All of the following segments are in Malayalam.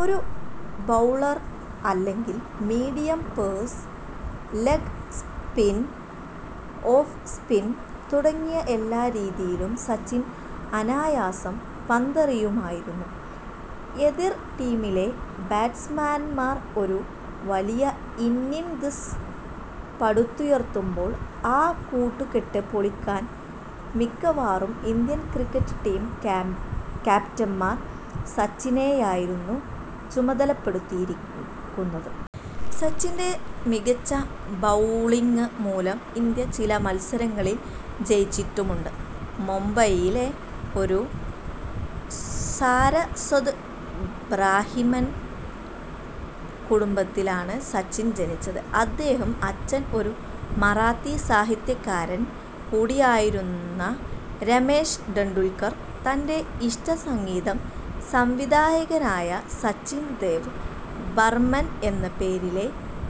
ഒരു ബൗളർ അല്ലെങ്കിൽ medium pace, leg spin, off spin തുടങ്ങിയ എല്ലാ രീതിയിലും സച്ചിൻ അനായാസം പന്തെറിയുമായിരുന്നു. എതിർ ടീമിലെ ബാറ്റ്സ്മാൻമാർ ഒരു വലിയ ഇന്നിംഗ്സ് പടുത്തുയർത്തുമ്പോൾ ആ കൂട്ടു കെട്ട് പൊളിക്കാൻ മിക്കവാറും ഇന്ത്യൻ ക്രിക്കറ്റ് ടീം ക്യാപ്റ്റന്മാർ സച്ചിനെയായിരുന്നു ചുമതലപ്പെടുത്തിയിരുന്നത്. സച്ചിന്റെ മികച്ച ബൗളിംഗ് മൂലം ഇന്ത്യ ചില മൽസരങ്ങളിൽ ജയിച്ചിട്ടുമുണ്ട്. മുംബൈയിലെ ഒരു സാരസ്വത് ബ്രാഹിമി ൺ കുടുംബത്തിലാണ് സച്ചിൻ ജനിച്ചത്. അദ്ദേഹത്തിന്റെ അച്ഛൻ ഒരു മറാത്തി സാഹിത്യകാരൻ കൂടിയായിരുന്ന രമേഷ് ടെണ്ടുൽക്കർ, തന്റെ ഇഷ്ട സംഗീത സംവിധായകനായ സച്ചിൻ ദേവ് ബർമ്മൻ എന്ന പേരിലെ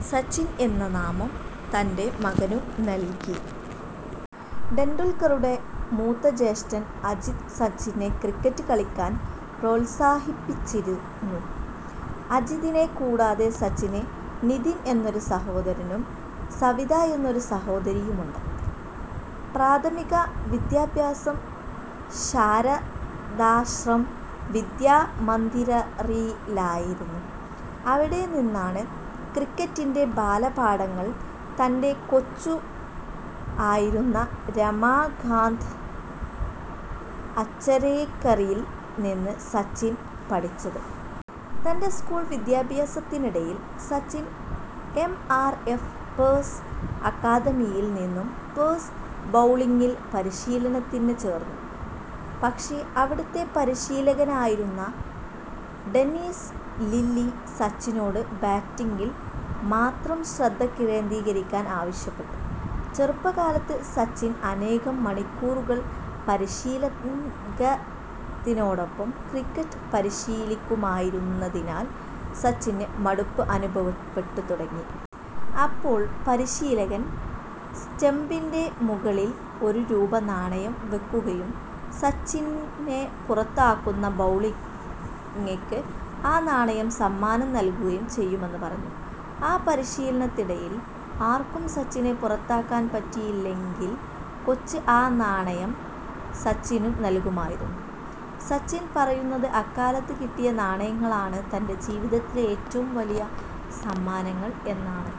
സച്ചിൻ എന്ന നാമം തന്റെ മകനു നൽകി. ടെണ്ടുൽക്കറുടെ മൂത്ത ജ്യേഷ്ഠൻ അജിത് സച്ചിനെ ക്രിക്കറ്റ് കളിക്കാൻ പ്രോൽസാഹിപ്പിച്ചിരുന്നു. അജിതിനെ കൂടാതെ സച്ചിന് നിതിൻ എന്നൊരു സഹോദരനും സവിത എന്നൊരു സഹോദരിയുമുണ്ട്. പ്രാഥമിക വിദ്യാഭ്യാസം ശാരദാശ്രം വിദ്യാമന്ദിറിലായിരുന്നു. അവിടെ നിന്നാണ് ക്രിക്കറ്റിന്റെ ബാല പാഠങ്ങൾ തന്റെ കൊച്ച് ആയിരുന്ന രമാകാന്ത് അചരേക്കറിൽ നിന്ന് സച്ചിൻ പഠിച്ചത്. തന്റെ സ്കൂൾ വിദ്യാഭ്യാസത്തിനിടയിൽ Sachin M. R. F. Pace അക്കാദമിയിൽ നിന്നും പേസ് ബൗളിംഗിൽ പരിശീലനത്തിന് ചേർന്നു. പക്ഷേ അവിടത്തെ പരിശീലകനായിരുന്ന ഡെന്നിസ് ലില്ലി, സച്ചിനോട് ബാറ്റിംഗിൽ മാത്രം ശ്രദ്ധ കേന്ദ്രീകരിക്കാൻ ആവശ്യപ്പെട്ടു. ചെറുപ്പ കാലത്ത് സച്ചിൻ അനേകം മണിക്കൂറുകൾ പരിശീലകനോടൊപ്പം ക്രിക്കറ്റ് പരിശീലിക്കുമായിരുന്നതിനാൽ സച്ചിന് മടുപ്പ് അനുഭവപ്പെട്ടു തുടങ്ങി. അപ്പോൾ പരിശീലകൻ സ്റ്റമ്പിന്റെ മുകളിൽ ഒരു രൂപ നാണയം വെയ്ക്കുകയും സച്ചിനെ പുറത്താക്കുന്ന ബൗളർക്ക് ആ നാണയം സമ്മാനം നൽകുകയും ചെയ്യുമെന്ന് പറഞ്ഞു. ആ പരിശീലനത്തിനിടയിൽ ആർക്കും സച്ചിനെ പുറത്താക്കാൻ പറ്റിയില്ലെങ്കിൽ കൊച്ച് ആ നാണയം സച്ചിനും നൽകുമായിരുന്നു. സച്ചിൻ പറയുന്നത് അക്കാലത്ത് കിട്ടിയ നാണയങ്ങൾ ആണ് തന്റെ ജീവിതത്തിലെ ഏറ്റവും വലിയ സമ്മാനങ്ങൾ എന്നാണ്.